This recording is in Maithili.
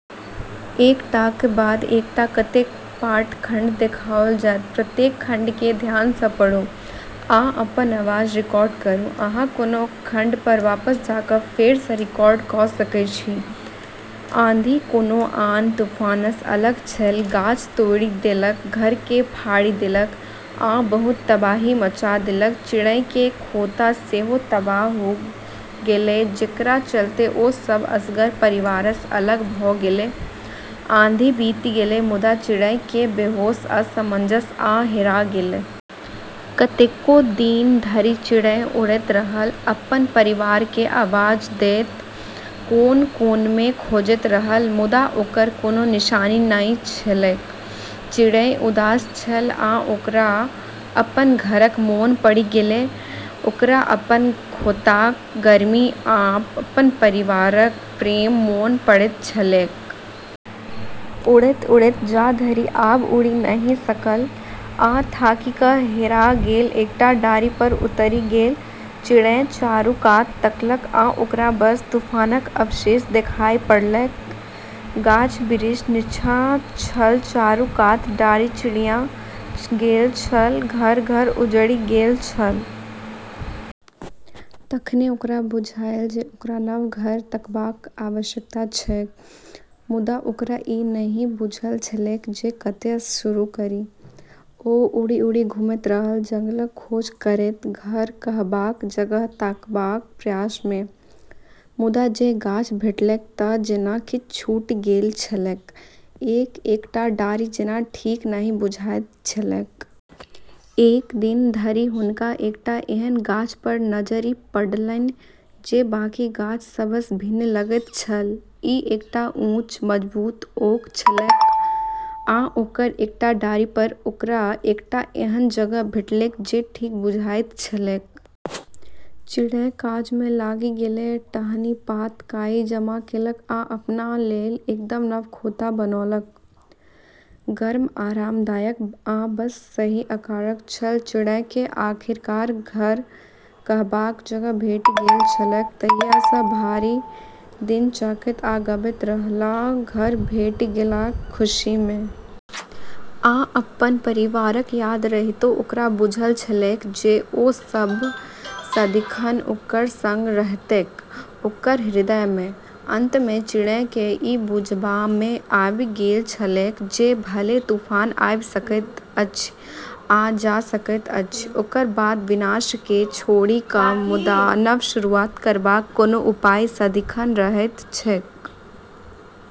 आंधी कोनो आन तूफानसँ अलग छल, गाछ तोड़ि देलक, घरके फाड़ि देलक आ बहुत तबाही मचा देलक। चिड़ैके खोंता सेहो तबाह होइ गेलै, जेकरा चलते ओ सब असगर, परिवारसँ अलग भ' गेलै। आंधी बीति गेलै, मुदा चिड़ैकेँ बेहोश, असमंजस आ हेरा गेल। कतेको दिन धरि चिड़ै उड़ैत रहल, अपन परिवारकेँ आवाज दैत, कोन-कोनमे खोजैत रहल, मुदा ओकर कोनो निशानी नहि छलैक। चिड़ै उदास छल, आ ओकरा अपन घरक मोन पड़ि गेलै। ओकरा अपन खोंताक गर्मी, आ अपन परिवारक प्रेम मोन पड़ैत छलैक। उड़ैत-उड़ैत जा धरि आब उड़ि नहि सकल, आ थाकि क' हेरा गेल एकटा डारि पर उतरि गेल। चिड़ै चारू कात तकलक, आ ओकरा बस तूफानक अवशेष देखाइ पड़लैक। गाछ-बिरिछ निच्चाँ छल, चारू कात डारि छिड़िया गेल छल, घर-घर उजड़ि गेल छल। तखने ओकरा बुझाइल जे ओकरा नव घर ताकबाक आवश्यकता छैक, मुदा ओकरा ई नहि बुझल छलैक जे कतयसँ शुरू करी। ओ उड़ि-उड़ि घुमैत रहल, जंगलक खोज करैत, घर कहबाक जगह ताकबाक प्रयासमे। मुदा जे गाछ भेटलैक तऽ जेना किछ छूटि गेल छलैक, एक-एकटा डारि जेना ठीक नहि बुझाइत छलैक। एक दिन धरि हुनका एकटा एहन गाछ पर नजरि पड़लनि जे बाकी गाछ सभसँ भिन्न लगैत छल। ई एकटा ऊँच, मजबूत ओक छलैक आ ओकर एकटा डारि पर ओकरा एकटा एहन जगह भेटलैक जे ठीके बुझाइत छलैक। चिड़ै काजमे लागि गेलै, टहनी, पात, काई जमा केलक आ अपना लेल एकदम नव खोंता बनौलक। गर्म, आरामदायक आ बस सही आकारक छल। चिड़ैकेँ आखिरकार घर कहबाक जगह भेटि गेल छलैक। तहियासँ भरि दिन चहकैत आ गबैत रहलाह, घर भेटि गेलाक खुशीमे। आ अपन परिवारक याद रहितो ओकरा बुझल छलैक जे ओ सभ सदिखन ओकर सङ्ग रहतैक, ओकर हृदयमे। अंतमे चिड़ैकेँ ई बुझबामे आबि गेल छलैक जे भले तूफान आबि सकैत अछि आ जा सकैत अछि, ओकर बाद विनाशकेँ छोड़ि क', मुदा नव शुरुआत करबाक कोनो उपाय सदिखन रहैत छैक।